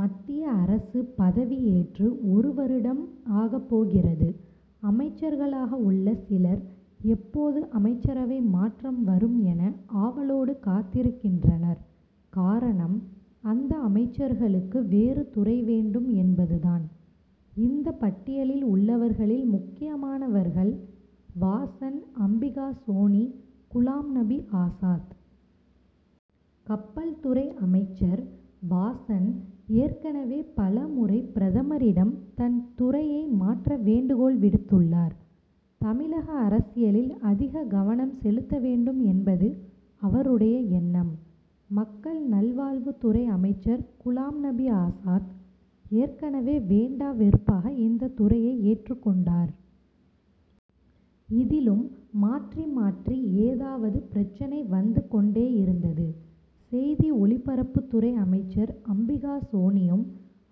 மத்திய அரசு பதவியேற்று ஒரு வருடம் ஆகப் போகிறது. அமைச்சர்களாக உள்ள சிலர், எப்போது அமைச்சரவை மாற்றம் வரும் என, ஆவலோடு காத்திருக்கின்றனர். காரணம், அந்த அமைச்சர்களுக்கு வேறு துறை வேண்டும் என்பது தான். இந்த பட்டியலில் உள்ளவர்களில் முக்கியமானவர்கள் வாசன், அம்பிகா சோனி, குலாம் நபி ஆசாத். கப்பல் துறை அமைச்சர் வாசன், ஏற்கனவே பலமுறை பிரதமரிடம் தன் துறையை மாற்ற வேண்டுகோள் விடுத்துள்ளார். தமிழக அரசியலில் அதிக கவனம் செலுத்த வேண்டும் என்பது அவருடைய எண்ணம். மக்கள் நல்வாழ்வுத் துறை அமைச்சர் குலாம் நபி ஆசாத், ஏற்கனவே வேண்டா வெறுப்பாக இந்த துறையை ஏற்றுக் கொண்டார். இதிலும் மாற்றி மாற்றி ஏதாவது பிரச்னை வந்து கொண்டேயிருந்தது. செய்தி ஒளிபரப்புத் துறை அமைச்சர் அம்பிகா சோனியும்,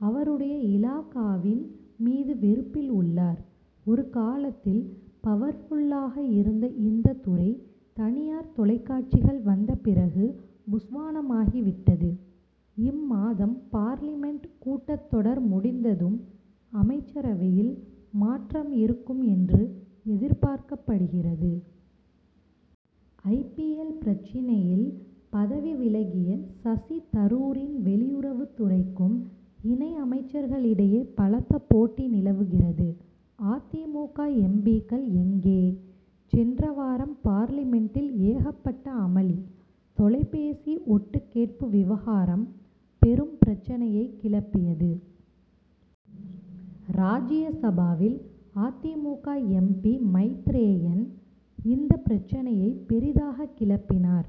அவருடைய இலாகாவின் மீது வெறுப்பில் உள்ளார். ஒரு காலத்தில் பவர்புல் ஆக இருந்த இந்த துறை, தனியார் தொலைக்காட்சிகள் வந்த பிறகு புஸ்வாணமாகி விட்டது. இம்மாதம் பார்லிமென்ட் கூட்டத் தொடர் முடிந்ததும், அமைச்சரவையில் மாற்றம் இருக்கும் என்று எதிர்பார்க்கப்படுகிறது. ஐ. பி. எல்., பிரச்னையில் பதவி விலகிய சசி தரூரின் வெளியுறவுத் துறைக்கும், இணை அமைச்சர்களிடையே பலத்த போட்டி நிலவுகிறது. அ. தி. மு. க., எம். பி.,க்கள் எங்கே? சென்ற வாரம் பார்லிமென்ட்டில் ஏகப்பட்ட அமளி. தொலைபேசி ஒட்டுக் கேட்பு விவகாரம் பெரும் பிரச்னையைக் கிளப்பியது. ராஜ்யசபாவில் அ. தி. மு. க., எம். பி., மைத்ரேயன் இந்த பிரச்னையை பெரிதாக கிளப்பினார்.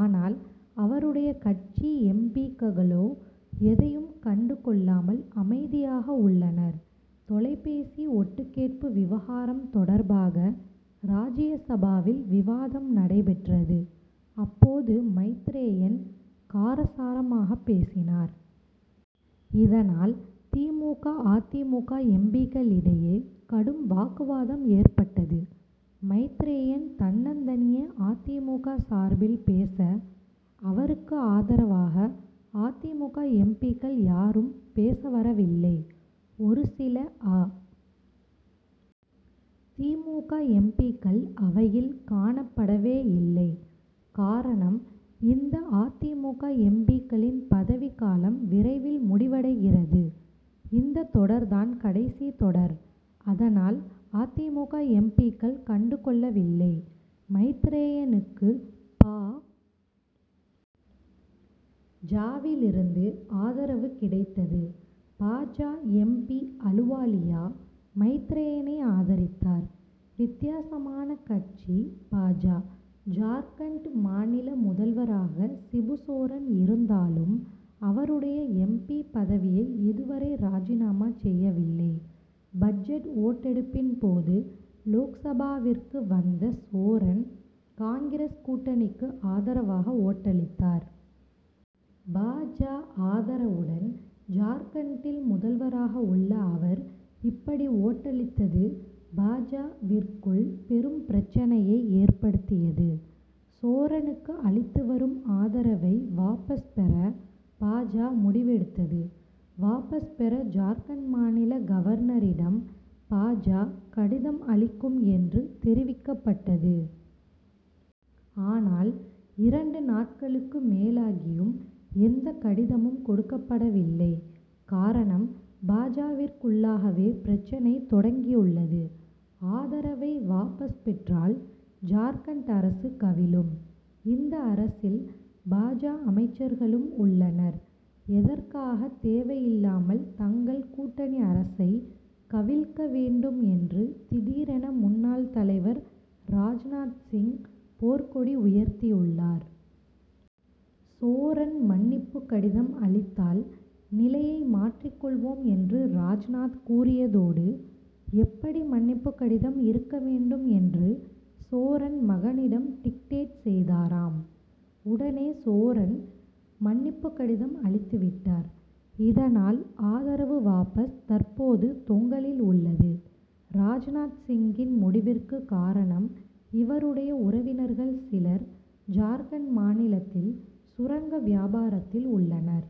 ஆனால், அவருடைய கட்சி எம். பி.,க்களோ, எதையும் கண்டு கொள்ளாமல் அமைதியாக உள்ளனர். தொலைபேசி ஒட்டு கேட்பு விவகாரம் தொடர்பாக ராஜ்ய சபாவில் விவாதம் நடைபெற்றது. அப்போது மைத்ரேயன் காரசாரமாகப் பேசினார். இதனால் தி. மு. க., அ. தி. மு. க., எம். பி.,க்களிடையே கடும் வாக்குவாதம் ஏற்பட்டது. மைத்ரேயன் தன்னந்தனியே அ. தி. மு. க., சார்பில் பேச, அவருக்கு ஆதரவாக அ. தி. மு. க., எம். பி.,க்கள் யாரும் பேச வரவில்லை. ஒரு சில அ. தி. மு. க., எம். பி.,க்கள் அவையில் காணப்படவே இல்லை. காரணம், இந்த அ. தி. மு. க., எம். பி.,க்களின் பதவிக்காலம் விரைவில் முடிவடைகிறது. இந்த தொடர் தான் கடைசி தொடர். அதனால், அ. தி. மு. க., எம். பி.,க்கள் கண்டுகொள்ளவில்லை. மைத்ரேயனுக்கு பா. ஜ.,விலிருந்து ஆதரவு கிடைத்தது. பா. ஜ., எம். பி., அலுவாலியா, மைத்ரேயனை ஆதரித்தார். வித்தியாசமான கட்சி பா. ஜ., ஜார்க்கண்ட் மாநில முதல்வராக சிபுசோரன் இருந்தாலும், அவருடைய எம். பி., பதவியை இதுவரை ராஜினாமா செய்யவில்லை. பட்ஜெட் ஓட்டெடுப்பின் போது லோக்சபாவிற்கு வந்த சோரன், காங்கிரஸ் கூட்டணிக்கு ஆதரவாக ஓட்டளித்தார். பா. ஜ., ஆதரவுடன் ஜார்க்கண்டில் முதல்வராக உள்ள அவர், இப்படி ஓட்டளித்தது பா. ஜ.,விற்குள் பெரும் பிரச்னையை ஏற்படுத்தியது. சோரனுக்கு அளித்து வரும் ஆதரவை வாபஸ் பெற பா. ஜ., முடிவெடுத்தது. வாபஸ் பெற ஜார்க்கண்ட் மாநில கவர்னரிடம் பா. ஜ., கடிதம் அளிக்கும் என்று தெரிவிக்கப்பட்டது. ஆனால், இரண்டு நாட்களுக்கு மேலாகியும் எந்த கடிதமும் கொடுக்கப்படவில்லை. காரணம் பா. ஜ.,விற்குள்ளாகவே பிரச்னை தொடங்கியுள்ளது. ஆதரவை வாபஸ் பெற்றால் ஜார்க்கண்ட் அரசு கவிழும். இந்த அரசில் பா. ஜ., அமைச்சர்களும் உள்ளனர். எதற்காக தேவையில்லாமல் தங்கள் கூட்டணி அரசை கவிழ்க்க வேண்டும் என்று திடீரென முன்னாள் தலைவர் ராஜ்நாத் சிங் போர்க்கொடி உயர்த்தியுள்ளார். 'சோரன் மன்னிப்பு கடிதம் அளித்தால், நிலையை மாற்றிக் கொள்வோம்' என்று ராஜ்நாத் கூறியதோடு, எப்படி மன்னிப்பு கடிதம் இருக்க வேண்டும் என்று சோரன் மகனிடம் டிக்டேட் செய்தாராம். உடனே சோரன், மன்னிப்பு கடிதம் அளித்து விட்டார். இதனால் ஆதரவு வாபஸ் தற்போது தொங்கலில் உள்ளது. ராஜ்நாத் சிங்கின் முடிவிற்கு காரணம், இவருடைய உறவினர்கள் சிலர், ஜார்க்கண்ட் மாநிலத்தில் சுரங்க வியாபாரத்தில் உள்ளனர்.